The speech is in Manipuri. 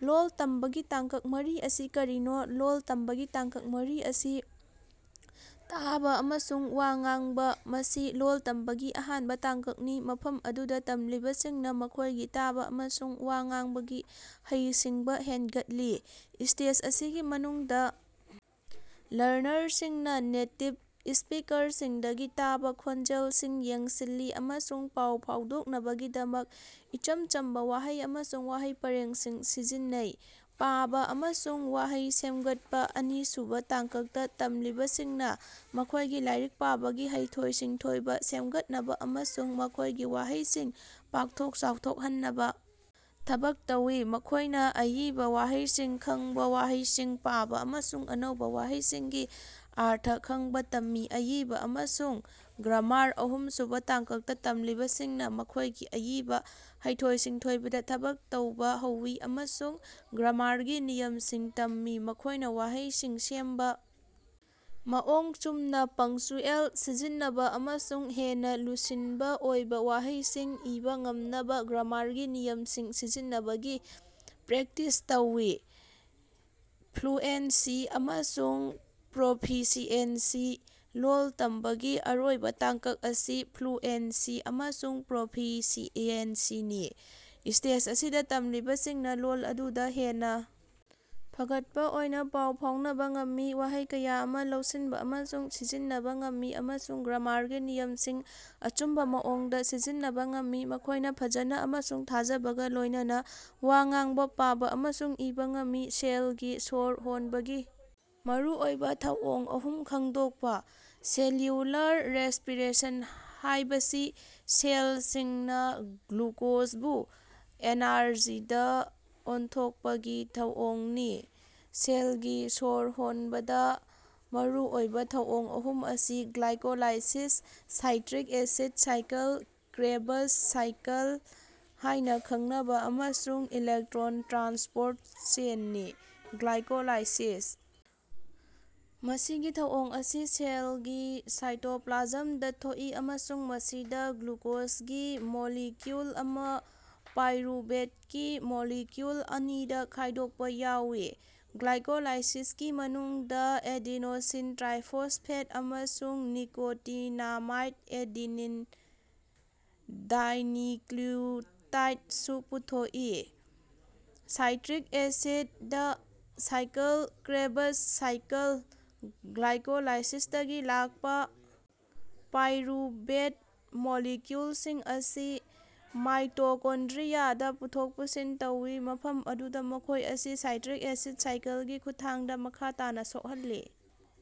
ꯂꯣꯜ ꯇꯝꯕꯒꯤ ꯇꯥꯡꯀꯛ ꯃꯔꯤ ꯑꯁꯤ ꯀꯔꯤꯅꯣ? ꯂꯣꯜ ꯇꯝꯕꯒꯤ ꯇꯥꯡꯀꯛ ꯃꯔꯤ ꯑꯁꯤ: ꯇꯥꯕ ꯑꯃꯁꯨꯡ ꯋꯥ ꯉꯥꯡꯕ: ꯃꯁꯤ ꯂꯣꯜ ꯇꯝꯕꯒꯤ ꯑꯍꯥꯟꯕ ꯇꯥꯡꯀꯛꯅꯤ ꯃꯐꯝ ꯑꯗꯨꯗ ꯇꯝꯂꯤꯕꯁꯤꯡꯅ ꯃꯈꯣꯢꯒꯤ ꯇꯥꯕ ꯑꯃꯁꯨꯡ ꯋꯥ ꯉꯥꯡꯕꯒꯤ ꯍꯩꯁꯤꯡꯕ ꯍꯦꯟꯒꯠꯂꯤ꯫ ꯁ꯭ꯇꯦꯖ ꯑꯁꯤꯒꯤ ꯃꯅꯨꯡꯗ ꯂꯔꯅꯔꯁꯤꯡꯅ ꯅꯦꯇꯤꯚ ꯁ꯭ꯄꯤꯀꯔꯁꯤꯡꯗꯒꯤ ꯇꯥꯕꯥ ꯈꯣꯟꯖꯦꯜꯁꯤꯡ ꯌꯦꯡꯁꯤꯜꯂꯤ ꯑꯃꯁꯨꯡ ꯄꯥꯎ ꯐꯥꯎꯗꯣꯛꯅꯕꯒꯤꯗꯃꯛ ꯏꯆꯝ ꯆꯝꯕ ꯋꯥꯍꯩ ꯑꯃꯁꯨꯡ ꯋꯥꯍꯩ ꯄꯔꯦꯡꯁꯤꯡ ꯁꯤꯖꯤꯟꯅꯩ꯫ ꯄꯥꯕꯥ ꯑꯃꯁꯨꯡ ꯋꯥꯍꯩ ꯁꯦꯝꯒꯠꯄ: ꯑꯅꯤꯁꯨꯕ ꯇꯥꯡꯀꯛꯇ ꯇꯝꯂꯤꯕꯁꯤꯡꯅ ꯃꯈꯣꯢꯒꯤ ꯂꯥꯏꯔꯤꯛ ꯄꯥꯕꯒꯤ ꯍꯩꯊꯣꯏ-ꯁꯤꯡꯊꯣꯏꯕ ꯁꯦꯝꯒꯠꯅꯕ ꯑꯃꯁꯨꯡ ꯃꯈꯣꯢꯒꯤ ꯋꯥꯍꯩꯁꯤꯡ ꯄꯥꯛꯊꯣꯛ ꯆꯥꯎꯊꯣꯛꯍꯟꯅꯕ ꯊꯕꯛ ꯇꯧꯏ꯫ ꯃꯈꯣꯢꯅ ꯑꯏꯕ ꯋꯥꯍꯩꯁꯤꯡ ꯈꯡꯕ ꯋꯥꯍꯩꯁꯤꯡ ꯄꯥꯕ ꯑꯃꯁꯨꯡ ꯑꯅꯧꯕ ꯋꯥꯍꯩꯁꯤꯡꯒꯤ ꯑꯔꯊ ꯈꯡꯕ ꯇꯝꯃꯤ꯫ ꯑꯏꯕ ꯑꯃꯁꯨꯡ ꯒ꯭ꯔꯥꯃꯥꯔ: ꯑꯍꯨꯝꯁꯨꯕ ꯇꯥꯡꯀꯛꯇ ꯇꯝꯂꯤꯕꯁꯤꯡꯅ ꯃꯈꯣꯢꯒꯤ ꯑꯏꯕ ꯍꯩꯊꯣꯏ-ꯁꯤꯡꯊꯣꯏꯕꯗ ꯊꯕꯛ ꯇꯧꯕ ꯍꯧꯏ ꯑꯃꯁꯨꯡ ꯒ꯭ꯔꯥꯃꯥꯔꯒꯤ ꯅꯤꯌꯝꯁꯤꯡ ꯇꯝꯃꯤ꯫ ꯃꯈꯣꯢꯅ ꯋꯥꯍꯩꯁꯤꯡ ꯁꯦꯝꯕ ꯃꯑꯣꯡ ꯆꯨꯝꯅ ꯄꯡꯆ꯭ꯌꯨꯑꯦꯜ ꯁꯤꯖꯤꯟꯅꯕ ꯑꯃꯁꯨꯡ ꯍꯦꯟꯅ ꯂꯨꯁꯟꯕ ꯑꯣꯏꯕ ꯋꯥꯍꯩꯁꯤꯡ ꯏꯕ ꯉꯝꯅꯕ ꯒ꯭ꯔꯥꯃꯥꯔꯒꯤ ꯅꯤꯌꯝꯁꯤꯡ ꯁꯤꯖꯤꯟꯅꯕꯒꯤ ꯄ꯭ꯔꯦꯛꯇꯤꯁ ꯇꯧꯏ꯫ ꯐ꯭ꯂꯨꯑꯦꯟꯁꯤ ꯑꯃꯁꯨꯡ ꯄ꯭ꯔꯣꯐꯤꯁꯤꯑꯦꯟꯁꯤ: ꯂꯣꯜ ꯇꯝꯕꯒꯤ ꯑꯔꯣꯏꯕ ꯇꯥꯡꯀꯛ ꯑꯁꯤ ꯐ꯭ꯂꯨꯑꯦꯟꯁꯤ ꯑꯃꯁꯨꯡ ꯄ꯭ꯔꯣꯐꯤꯁꯤꯌꯦꯟꯁꯤꯅꯤ꯫ ꯁ꯭ꯇꯦꯖ ꯑꯁꯤꯗ ꯇꯝꯂꯤꯕꯁꯤꯡꯅ ꯂꯣꯜ ꯑꯗꯨꯗ ꯍꯦꯟꯅ ꯐꯒꯠꯄ ꯑꯣꯏꯅ ꯄꯥꯎ ꯐꯥꯎꯅꯕ ꯉꯝꯃꯤ ꯋꯥꯍꯩ ꯀꯌꯥ ꯑꯃ ꯂꯧꯁꯤꯟꯕ ꯑꯃꯁꯨꯡ ꯁꯤꯖꯤꯟꯅꯕ ꯉꯝꯃꯤ ꯑꯃꯁꯨꯡ ꯒ꯭ꯔꯥꯃꯥꯔꯒꯤ ꯅꯤꯌꯝꯁꯤꯡ ꯑꯆꯨꯝꯕ ꯃꯑꯣꯡꯗ ꯁꯤꯖꯤꯟꯅꯕ ꯉꯝꯃꯤ꯫ ꯃꯈꯣꯢꯅ ꯐꯖꯅ ꯑꯃꯁꯨꯡ ꯊꯥꯖꯕꯒ ꯂꯣꯢꯅꯅꯥ ꯋꯥ ꯉꯥꯡꯕ ꯄꯥꯕꯥ ꯑꯃꯁꯨꯡ ꯏꯕꯥ ꯉꯝꯃꯤ꯫ ꯁꯦꯜꯒꯤ ꯁꯣꯔ ꯍꯣꯟꯕꯒꯤ ꯃꯔꯨꯑꯣꯏꯕ ꯊꯧꯑꯣꯡ ꯑꯍꯨꯝ ꯈꯪꯗꯣꯛꯄ꯫ ꯁꯦꯂ꯭ꯌꯨꯂꯔ ꯔꯦꯁꯄꯤꯔꯦꯁꯟ ꯍꯥꯢꯕꯁꯤ ꯁꯦꯜꯁꯤꯡꯅ ꯒ꯭ꯂꯨꯀꯣꯖꯕꯨ ꯑꯦꯅꯔꯖꯤꯗꯥ ꯑꯣꯟꯊꯣꯛꯄꯒꯤ ꯊꯧꯑꯣꯡꯅꯤ꯫ ꯁꯦꯜꯒꯤ ꯁꯣꯔ ꯍꯣꯟꯕꯗ ꯃꯔꯨ ꯑꯣꯏꯕ ꯊꯧꯑꯣꯡ ꯑꯍꯨꯝ ꯑꯁꯤ glycolysis, citric acid cycle Krebs cycle ꯍꯥꯢꯅꯥ ꯈꯡꯅꯕꯥ ꯑꯃꯁꯨꯡ ꯏꯂꯦꯛꯇ꯭ꯔꯣꯟ ꯇ꯭ꯔꯥꯟꯁꯄꯣꯔꯠ ꯆꯦꯟꯅꯤ꯫ ꯒ꯭ꯂꯥꯏꯀꯣꯂꯥꯏꯁꯤꯁ: ꯃꯁꯤꯒꯤ ꯊꯧꯑꯣꯡ ꯑꯁꯤ ꯁꯦꯜꯒꯤ ꯁꯥꯏꯇꯣꯄ꯭ꯂꯥꯖꯝꯗ ꯊꯣꯛꯏ ꯑꯃꯁꯨꯡ ꯃꯁꯤꯗ ꯒ꯭ꯂꯨꯀꯣꯖꯒꯤ ꯃꯣꯂꯤꯀ꯭ꯌꯨꯜ ꯑꯃ ꯄꯥꯏꯔꯨꯕꯦꯠꯀꯤ ꯃꯣꯂꯤꯀ꯭ꯌꯨꯜ ꯑꯅꯤꯗ ꯈꯥꯢꯗꯣꯛꯄ ꯌꯥꯎꯏ꯫ ꯒ꯭ꯂꯥꯏꯀꯣꯂꯥꯏꯁꯤꯁꯀꯤ ꯃꯅꯨꯡꯗ ꯑꯦꯗꯤꯅꯣꯁꯤꯟ ꯇ꯭ꯔꯥꯏꯐꯣꯁꯐꯦꯠ ꯑꯃꯁꯨꯡ ꯅꯤꯀꯣꯇꯤꯅꯥꯃꯥꯏꯠ ꯑꯦꯗꯤꯅꯤꯟ ꯗꯥꯏꯅꯤꯀ꯭ꯂꯨꯇꯥꯏꯠ ꯁꯨ ꯄꯨꯊꯣꯛꯏ꯫ Citric acid cycle Krebs cycle: ꯒ꯭ꯂꯥꯏꯀꯣꯂꯥꯏꯁꯤꯁꯇꯒꯤ ꯂꯥꯛꯄꯥ ꯄꯥꯏꯔꯨꯕꯦꯠ ꯃꯣꯂꯤꯀ꯭ꯌꯨꯜꯁꯤꯡ ꯑꯁꯤ ꯃꯥꯏꯇꯣꯀꯣꯟꯗ꯭ꯔꯤꯌꯥꯗ ꯄꯨꯊꯣꯛ ꯄꯨꯁꯤꯟ ꯇꯧꯏ, ꯃꯐꯝ ꯑꯗꯨꯗꯥ ꯃꯈꯣꯢ ꯑꯁꯤ ꯁꯥꯏꯇ꯭ꯔꯤꯛ ꯑꯦꯁꯤꯗ ꯁꯥꯏꯀꯜꯒꯤ ꯈꯨꯠꯊꯥꯡꯗꯥ ꯃꯈꯥ ꯇꯥꯅꯥ ꯁꯣꯛꯍꯜꯂꯤ꯫